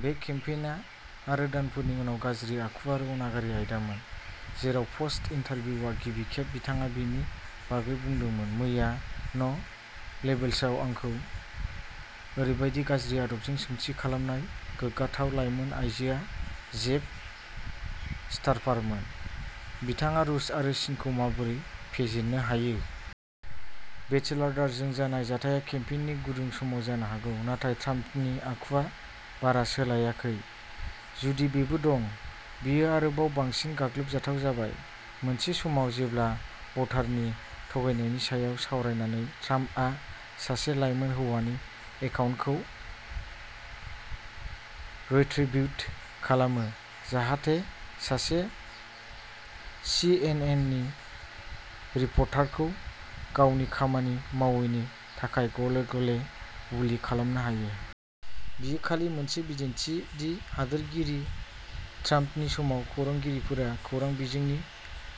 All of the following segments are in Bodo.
बे केम्पेइनआ, आरो दानफोरनि उनाव गाज्रि आखु आरो अनागारनि आयदामोन, जेराव प'स्ट इन्टारभिउआ गिबि खेब बिथाङा बेनि बागै बुंदोंमोन। मैया न'लेबल्सआव आंखौ ओरैबायदि गाज्रि आदबजों सोंथि खालामनाय गोग्गाथाव लाइमोन आइजोआ जेब स्टाफारमोन। बिथाङा रुस आरो चीनखौ माबोरै फेजेननो हायो? बेटचेल्डारजों जानाय जाथायआ केम्पेइननि गुदुं समाव जानो हागौ, नाथाय ट्राम्पनि आखुआ बारा सोलायाखै। जुदि बेबो दं, बेयो आरोबाव बांसिन गाग्लोबजाथाव जाबाय। मोनसे समाव, जेब्ला भटारनि थगायनायनि सायाव सावरायनानै ट्राम्पआ सासे लाइमोन हौवानि एकाउन्टखौ रिट्रिवीट खालामो, जाहाथे सासे सिएनएननि रिपर्टारखौ गावनि खामानि मावैनि थाखाय गले गले बुलि खालामनो हायो। बेयो खालि मोनसे बिदिन्थि दि हादोरगिरि ट्राम्पनि समाव खौरांगिरिफोरा खौरां बिजोंनि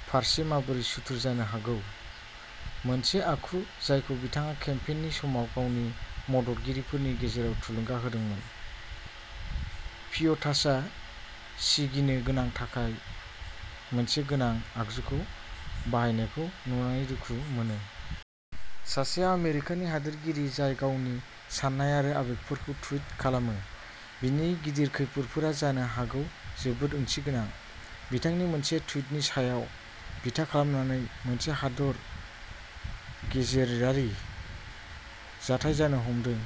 फारसे माबोरै सुथुर जानो हागौ, मोनसे आखु जायखौ बिथाङा केम्पेइननि समाव गावनि मददगिरिफोरनि गेजेराव थुलुंगा होदोंमोन। पिइअ'टासआ सिगिनो गोनां थाखाय मोनसे गोनां आगजुखौ बाहायनायखौ नुनानै दुखु मोनो। सासे आमेरिकानि हादोरगिरि जाय गावनि साननाय आरो आबेगफोरखौ टुइट खालामो, बिनि गिदिर खैफोदफोरा जानो हागौ जोबोद ओंथिगोनां। बिथांनि मोनसे टुइटनि सायाव बिथा खालामनानै मोनसे हादर गेजेरारि जाथाय जानो हमदों,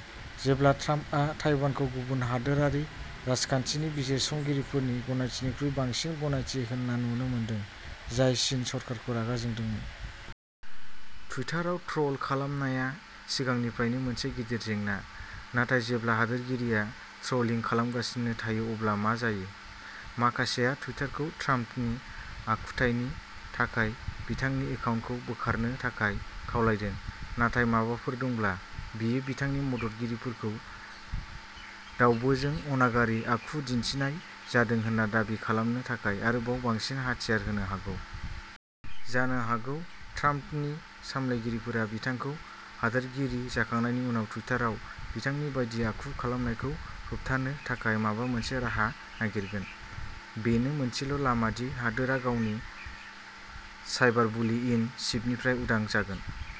जेब्ला ट्राम्पआ ताइवानखौ गुबुन हादोरारि राजखान्थिनि बिजिरसंगिरिफोरनि गनायथिनिख्रुइ बांसिन गनायथि होनाय नुनो मोनदों, जाय चीन सरकारखौ रागा जोंदोंमोन। टुइटाराव ट्र'ल खालामनाया सिगांनिफ्रायनो मोनसे गिदिर जेंना, नाथाय जेब्ला हादोरगिरिया ट्र'लिं खालामगासिनो थायो अब्ला मा जायो? माखासेया टुइटारखौ ट्राम्पनि आखुथायनि थाखाय बिथांनि एकाउन्टखौ बोखारनो थाखाय खावलायदों, नाथाय माबाफोर दंब्ला, बेयो बिथांनि मददगिरिफोरखौ दावबोजों अनागारि आखु दिन्थिनाय जादों होनना दाबि खालामनो थाखाय आरोबाव बांसिन हाथियार होनो हागौ। जानो हागौ ट्राम्पनि सामलायगिरिफोरा बिथांखौ हादोरगिरि जाखांनायनि उनाव टुइटाराव बिथांनि बायदि आखु खालामनायखौ होबथानो थाखाय माबा मोनसे राहा नागिरगोन। बेनो मोनसेल' लामा दि हादोरआ गावनि साइबारबुलि इन चीफनिफ्राय उदां जागोन।